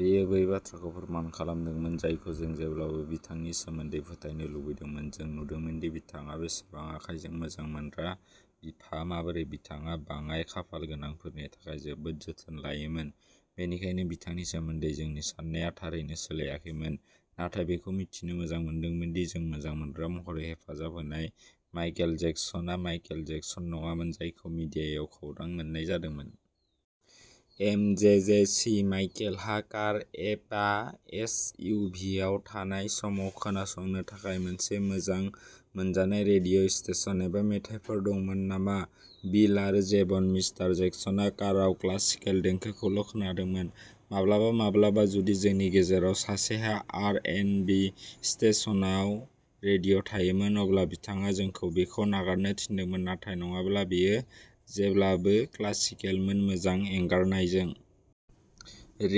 बेयो बै बाथ्राखौ फोरमान खालामदोंमोन जायखौ जों जेब्लाबो बिथांनि सोमोन्दै फोथायनो लुबैदोंमोन। जों नुदोंमोनदि बिथाङा बेसेबां आखाइजों मोजां मोनग्रा बिफा, माबोरै बिथाङा बाङाइ खाफाल गोनांफोरनि थाखाय जोबोद जोथोन लायोमोन। बेनिखायनो, बिथांनि सोमोन्दै जोंनि साननाया थारैनो सोलायाखैमोन, नाथाय बेखौ मिथिनो मोजां मोनदोंमोनदि जों मोजां मोनग्रा महरै हेफाजाब होनाय माइकेल जेक्सनआ माइकेल जेक्सन नङामोन जायखौ मिडियायाव खौरां मोन्नाय जादोंमोन। एमजेजेसी माइकेलहा कार एबा एस यु भिआव थानाय समाव खोनासंनो थाखाय मोनसे मोजां मोनजानाय रेडिअ' स्टेशन एबा मेथाइफोर दंमोन नामा? बिल आरो जेभन मिस्टार जेक्सनआ कारआव क्लासिकेल देंखोखौल' खोनादोंमोन। माब्लाबा-माब्लाबा, जुदि जोंनि गेजेराव सासेहा आर एन्ड बि स्टेशनआव रेडिअ' थायोमोन, अब्ला बिथाङा जोंखौ बेखौ नागारनो थिनदोंमोन, नाथाय नङाब्ला बेयो जेब्लाबो क्लासिकेलमोन मोनसे एंगारनायजों।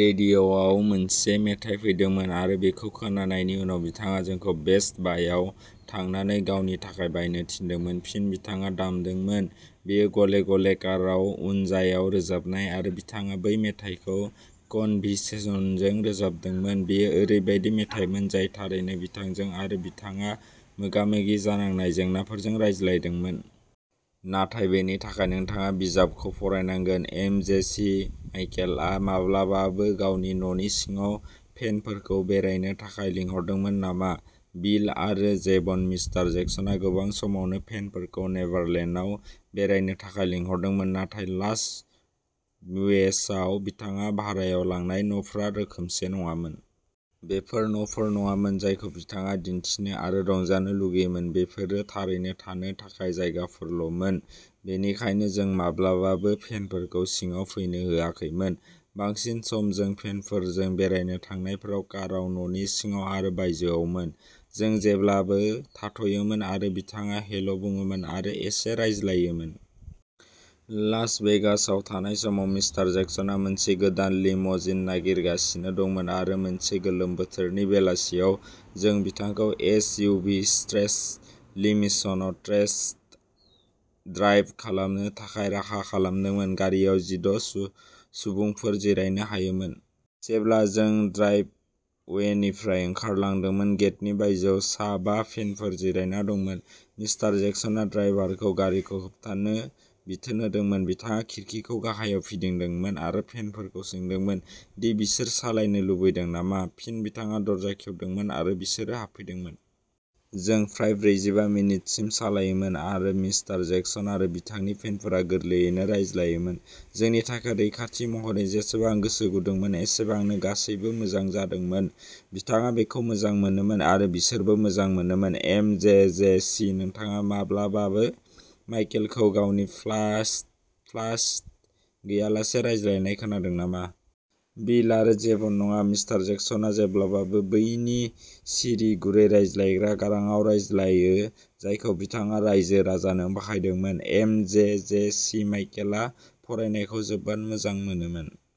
रेडिअ'आव मोनसे मेथाइ फैदोंमोन आरो बेखौ खोनानायनि उनाव बिथाङा जोंखौ बेस्ट बायआव थांनानै गावनि थाखाय बायनो थिनदोंमोन। फिन बिथाङा दामदोंमोन। बेयो गले-गले काराव, उनजायाव रोजाबनाय आरो बिथाङा बै मेथाइखौ कनभिचिसनजों रोजाबदोंमोन। बेयो ओरैबायदि मेथाइमोन जाय थारैनो बिथांजों आरो बिथाङा मोगा-मोगि जानांनाय जेंनाफोरजों रायज्लायदोंमोन। नाथाय बेनि थाखाय नोंथाङा बिजाबखौ फरायनांगोन। एमजेजेसि माइकेलआ माब्लाबाबो गावनि न'नि सिङाव फेनफोरखौ बेरायनो थाखाय लिंहरदोंमोन नामा? बिल आरो जेभन मिस्टार जेक्सनआ गोबां समावनो फेनफोरखौ नेभारलेन्डआव बेरायनो थाखाय लिंहरदोंमोन, नाथाय लास वेगासआव बिथाङा भारायाव लानाय न'फोरा रोखोमसे नङामोन। बेफोर न'फोर नङामोन जायखौ बिथाङा दिन्थिनो आरो रंजानो लुगैयोमोन। बेफोरो थारैनो थानो थाखाय जायगाफोरल'मोन। बेनिखायनो जों माब्लाबाबो फेनफोरखौ सिङाव फैनो होआखैमोन। बांसिन सम जों फेनफोरजों बेरायनो थांनायफोरा काराव, न'नि सिङाव आरो बायजोआवमोन। जों जेब्लाबो थाथ'योमोन आरो बिथाङा हेल' बुङोमोन आरो एसे रायज्लायोमोन। लास वेगासआव थानाय समाव, मिस्टार जेक्सनआ मोनसे गोदान लिम'जिन नागिरगासिनो दंमोन, आरो मोनसे गोलोम बोथोरनि बेलासियाव जों बिथांखौ एस. यु. भि. स्ट्रेच लिम'सिनआव टेस्ट ड्राइभ खालामनो थाखाय राहा खालामदोंमोन। गारिआव जिद' सुबुंफोर जिरायनो हायोमोन। जेब्ला जों ड्राइभवेनिफ्राय ओंखारलांदोंमोन, गेटनि बायजोआव सा बा फेनफोर जिरायना दंमोन। मिस्टार जेक्सनआ ड्राइभारखौ गारिखौ होबथानो बिथोन होदोंमोन, बिथाङा खिरखिखौ गाहायाव फिदिंदोंमोन आरो फेनफोरखौ सोंदोंमोन दि बिसोर सालायनो लुबैदों नामा। फिन बिथाङा दरजा खेवदोंमोन आरो बिसोरो हाबफैदोंमोन। जों फ्राय ब्रैजिबा मिनिटसिम सालायोमोन आरो मिस्टार जेक्सन आरो बिथांनि फेनफोरा गोरलैयैनो रायज्लायोमोन। जोंनि थाखाय रैखाथि महरै जेसेबां गोसो गुदुंमोन एसेबांनो, गासैबो मोजां जादोंमोन। बिथाङा बेखौ मोजां मोनोमोन आरो बिसोरबो मोजां मोनोमोन। एम जे जे सि नोंथाङा माब्लाबाबो माइकेलखौ गावनि फाल्सेट्ट' गैयालासे रायज्लायनाय खोनादों नामा? बिल आरो जेभन नङा। मिस्टार जेक्सनआ जेब्लाबो बैनो सिरि, गुरै रायज्लायग्रा गारांआव रायज्लायो जायखौ बिथाङा रायजो-राजानो बाहायदोंमोन। एम जे जे सि माइकेलआ फरायनायखौ जोबोद मोजां मोनोमोन।